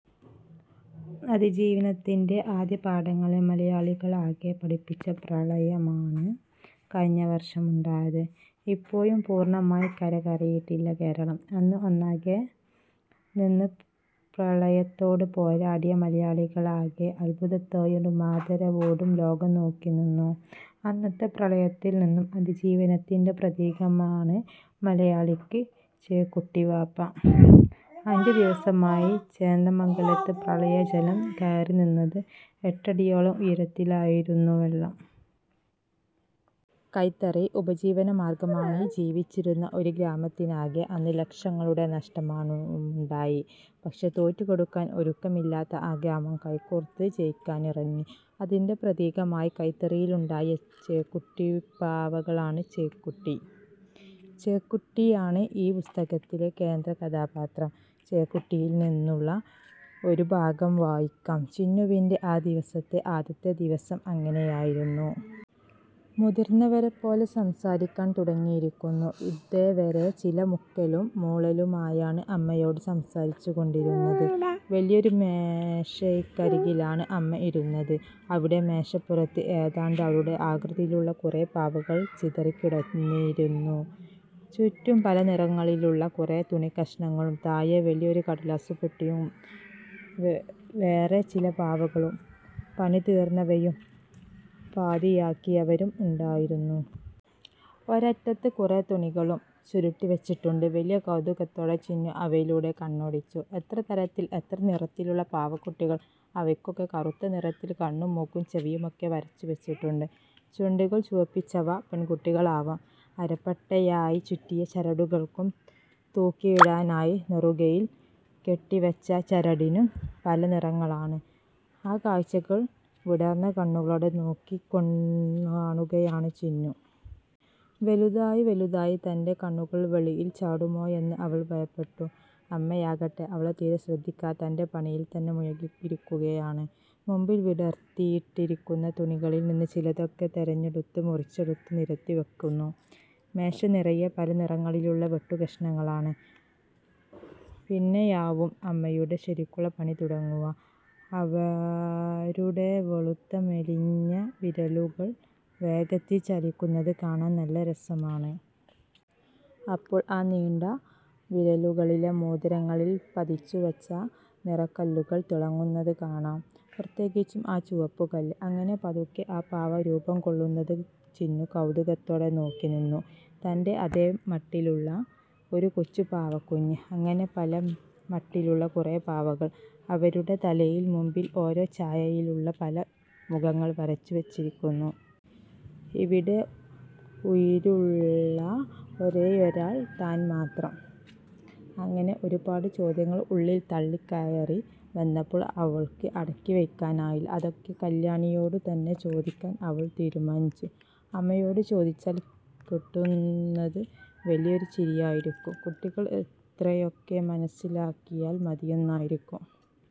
അതിജീവനത്തിൻറെ ആദ്യപാഠങ്ങളെ മലയാളികളെയാകെ പഠിപ്പിച്ച പ്രളയമാണ് കഴിഞ്ഞ വർഷമുണ്ടായത്. ഇപ്പോഴും പൂർണമായി കരകയറിയിട്ടില്ല കേരളം. അന്ന് ഒന്നാകെ നിന്ന് പ്രളയത്തോട് പോരാടിയ മലയാളികളെയാകെ അത്ഭുതത്തോടും ആദരവോടും ലോകം നോക്കിനിന്നു. അന്നത്തെ പ്രളയത്തിൽ നിന്നുള്ള അതിജീവനത്തിൻറെ പ്രതീകമാണ് മലയാളിക്ക് ചേക്കുട്ടിപ്പാവ. അഞ്ച് ദിവസമാണ് ചേന്ദമംഗലത്ത് പ്രളയജലം കയറിനിന്നത്. എട്ടടിയോളം ഉയരത്തിലായിരുന്നു വെള്ളം. കൈത്തറി ഉപജീവനമാർഗമാക്കി ജീവിച്ചിരുന്ന ഒരു ഗ്രാമത്തിനാകെ അന്ന് ലക്ഷങ്ങളുടെ നഷ്ടമുണ്ടായി. പക്ഷേ തോറ്റുകൊടുക്കാൻ ഒരുക്കമില്ലാതെ ആ ഗ്രാമം കൈകോർത്തുപിടിച്ച് ജയിക്കാനിറങ്ങി. അതിൻറെ പ്രതീകമായി കൈത്തറിയിലുണ്ടായ ചേക്കുട്ടിപ്പാവകളാണ് ചേക്കുട്ടി. ചേക്കുട്ടിയാണ് ഈ പുസ്തകത്തിലെ കേന്ദ്രകഥാപാത്രം. ചേക്കുട്ടിയിൽ നിന്നുള്ള ഒരു ഭാഗം വായിക്കാം. ചിന്നുവിൻറെ ആ വീട്ടിലെ ആദ്യത്തെ ദിവസം അങ്ങനെയായിരുന്നു. മുതിർന്നവരെപ്പോലെ സംസാരിക്കാൻ തുടങ്ങിയിരിക്കുന്നു. ഇതേവരെ ചില മുക്കലും മൂളലുമായാണ് അമ്മയോട് സംസാരിച്ചുകൊണ്ടിരുന്നത്. വലിയൊരു മേശയ്ക്കരികിലാണ് അമ്മ ഇരുന്നിരുന്നത്. അവിടെ മേശപ്പുറത്ത് ഏതാണ്ട് അവളുടെ ആകൃതിയിലുള്ള കുറെ പാവകൾ ചിതറിക്കിടന്നിരുന്നു. ചുറ്റും പല നിറങ്ങളിലുള്ള കുറെ തുണിക്കഷണങ്ങളും. താഴെ വലിയൊരു കടലാസുപെട്ടിയിൽ വേറേ ചില പാവകളും, പണി തീർന്നവയും പാതിയാക്കിയവയും ഉണ്ടായിരുന്നു. ഒരറ്റത്ത് കുറെ തുണികളും ചുരുട്ടിവച്ചിട്ടുണ്ട്. വലിയ കൗതുകത്തോടെ ചിന്നു അവയിലൂടെ കണ്ണോടിച്ചു. എത്ര തരത്തിൽ, എത്ര നിറങ്ങളിലുള്ള പാവക്കുട്ടികൾ. അവയ്ക്കൊക്കെ കറുത്ത നിറത്തിൽ കണ്ണും മൂക്കും ചെവിയുമൊക്കെ വരച്ചുവച്ചിട്ടുണ്ട്. ചുണ്ടുകൾ ചുവപ്പിച്ചവ പെൺകുട്ടികളാവാം. അരപ്പട്ടയായി ചുറ്റിയ ചരടുകൾക്കും തൂക്കിയിടാനായി നെറുകയിൽ കെട്ടിവച്ച ചരടിനും പല നിറങ്ങളാണ്.ആ കാഴ്ചകൾ വിടർന്ന കണ്ണുകളോടെ നോക്കിക്കൺ നോക്കിക്കാണുകയാണ് ചിന്നു. വലുതായി വലുതായി തൻറെ കണ്ണുകൾ വെളിയിൽ ചാടുമോയെന്ന് അവൾ ഭയപ്പെട്ടു. അമ്മയാകട്ടെ അവളെ തീരെ ശ്രദ്ധിക്കാതെ തൻറെ പണിയിൽത്തന്നെ മുഴുകിയിരിക്കുകയാണ്. മുമ്പിൽ വിടർത്തിയിട്ടിരിക്കുന്ന തുണികളിൽനിന്ന് ചിലതൊക്കെ തെരഞ്ഞെടുത്ത് മുറിച്ചെടുത്ത് നിരത്തിവയ്ക്കുന്നു. മേശ നിറയെ പല നിറങ്ങളിലുള്ള വെട്ടുകഷണങ്ങളാണ്. പിന്നെയാവും അമ്മയുടെ ശരിക്കുള്ള പണി തുടങ്ങുക. അവരുടെ വെളുത്തു മെലിഞ്ഞ വിരലുകൾ വേഗത്തിൽ ചലിക്കുന്നതു കാണാൻ നല്ല രസമാണ്. അപ്പോൾ ആ നീണ്ട വിരലുകളിലെ മോതിരങ്ങളിൽ പതിച്ചുവച്ച നിറക്കല്ലുകൾ തിളങ്ങുന്നതു കാണാം. പ്രത്യേകിച്ചും ആ ചുവപ്പുകല്ല്. അങ്ങനെ പതുക്കെ ഒരു പാവ രൂപംകൊള്ളുന്നത് ചിന്നു കൗതുകത്തോടെ നോക്കിനിന്നു. തൻറെ അതേ മട്ടിലുള്ള ഒരു കൊച്ചു പാവക്കുഞ്ഞ്. അങ്ങനെ പലമട്ടിലുള്ള കുറേ പാവകൾ. അവരുടെ തലയുടെ മുമ്പിൽ ഓരോ ഛായയിലുള്ള പല മുഖങ്ങൾ വരച്ചുവച്ചിരിക്കുന്നു. ഇവിടെ ഉയിരുള്ള ഒരേയൊരാൾ താൻ മാത്രം. അങ്ങനെ ഒരുപാട് ചോദ്യങ്ങൾ ഉള്ളിൽ തള്ളിക്കയറി വന്നപ്പോൾ അവൾക്ക് അടക്കിവയ്ക്കാനായില്ല. അതൊക്കെ കല്യാണിയോടുതന്നെ ചോദിക്കാൻ അവൾ തീരുമാനിച്ചു. അമ്മയോട് ചോദിച്ചാൽ കിട്ടുന്നത് വലിയൊരു ചിരിയായിരിക്കും. കുട്ടികൾ ഇത്രയൊക്കെ മനസ്സിലാക്കിയാൽ മതിയെന്നായിരിക്കും.